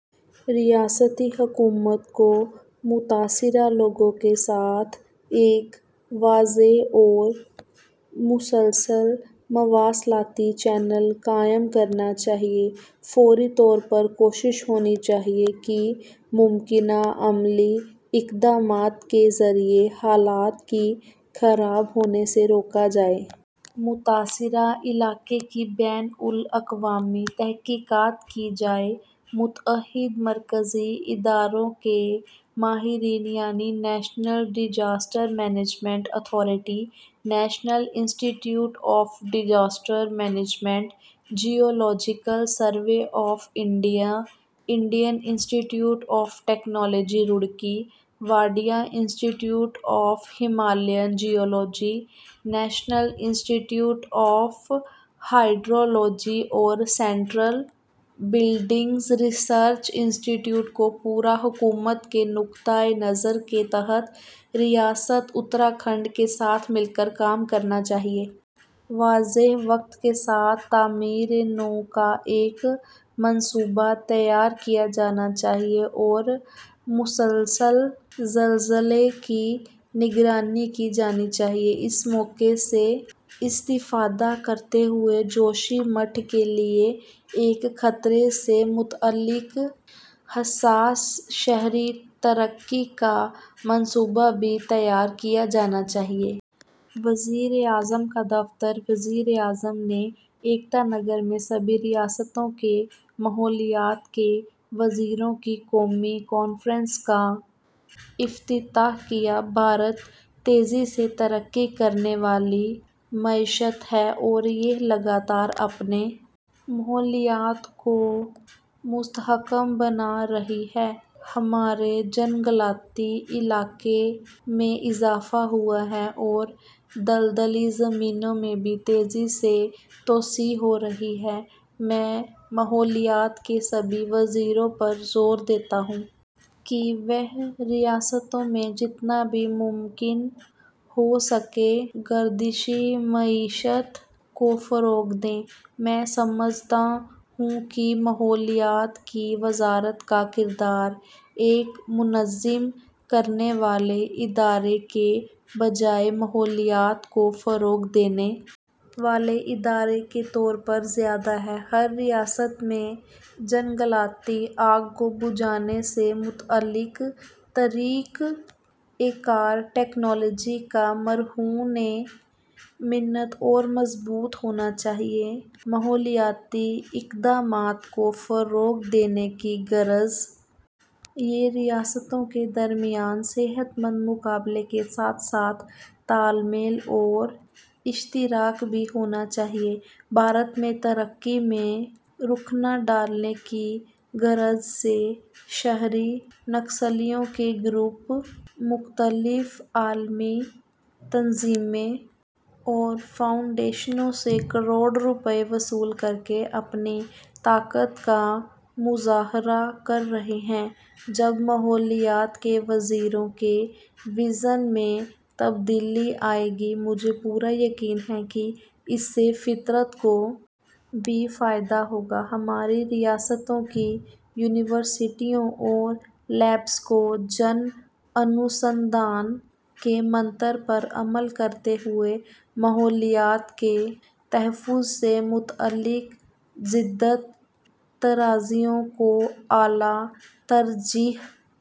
ریاستی حکومت کو متاثرہ لوگوں کے ساتھ ایک واضح اور مسلسل مواصلاتی چینل قائم کرنا چاہیے۔ فوری طور پر کوشش ہونی چاہیے کہ ممکنہ عملی اقدامات کے ذریعے حالات کی خراب ہونے سے روکا جائے۔ متاثرہ علاقے کی بین الضابطہ تحقیقات کی جائیں۔ متعدد مرکزی اداروں کے ماہرین یعنی national disaster management authority, national institute of disaster management, geological survey of India, Indian institute of technology Roorkee, Wadia institute of Himalayan geology, national institute of hydrology اور central building research institute کو ''پوری حکومت'' کے نقطہ نظر کے تحت ریاست اتراکھنڈ کے ساتھ مل کر کام کرنا چاہئے۔ واضح وقت کے ساتھ تعمیر نو کا ایک منصوبہ تیار کیا جانا چاہیے اور مسلسل زلزلے کی نگرانی کی جانی چاہیے۔ اس موقع سے استفادہ کرتے ہوئے جوشی مٹھ کے لیے ایک خطرے سے متعلق حسّاس شہری ترقی کا منصوبہ بھی تیار کیا جانا چاہیے۔ وزیراعظم کا دفتر وزیر اعظم نے ایکتا نگر میں سبھی ریاستوں کے ماحولیات کے وزراء کی قومی کانفرنس کا افتتاح کیا ''بھارت تیزی سے ترقی کرنے والی معیشت ہے اور یہ لگاتار اپنے ماحولیات کو مستحکم بنا رہی ہے'' ''ہمارے جنگلاتی علاقے میں اضافہ ہوا ہے اور دلدلی زمینوں میں بھی تیزی سے توسیع ہو رہی ہے'' میں ماحولیات کے سبھی وزراء پر زور دیتا ہوں کہ وہ ریاستوں میں جتنا بھی ممکن ہوسکے گردشی معیشت کو فروغ دیں'' ''میں سمجھتا ہوں کہ ماحولیات کی وزارت کا کردار، ایک منضبط کرنے والے ادارے کے بجائے ماحولیات کو فروغ دینے والے ادارے کے طور پر زیادہ ہے'' ''ہر ریاست میں جنگلاتی آگ کو بجھانے سے متعلق طریق کار، ٹیکنالوجی کا مرہونِ منت اور مضبوط ہونا چاہئے'' ''ماحولیاتی اقدامات کو فروغ دینے کی غرض سے ریاستوں کے درمیان صحت مند مقابلے کے ساتھ ساتھ تال میل اور اشتراک بھی ہونا چاہئے'' ''بھارت میں ترقی میں رخنہ ڈالنے کی غرض سے، شہری نکسلیوں کے گروپ، مختلف عالمی تنظیموں اور فاؤنڈیشنوں سے کروڑ روپئے وصول کرکے، اپنی طاقت کا مظاہرہ کر رہے ہیں'' ''جب ماحولیات کے وزیروں کے وژن میں تبدیلی آئے گی، مجھے پورا یقین ہے کہ اس سے فطرت کو بھی فائدہ ہوگا'' ''ہماری ریاستوں کی یونیورسٹیوں اور لیبس کو ''جن انوسندھان'' کے منتر پر عمل کرتے ہوئے ماحولیات کے تحفظ سے متعلق جدت طرازیوں کو اعلیٰ ترجیح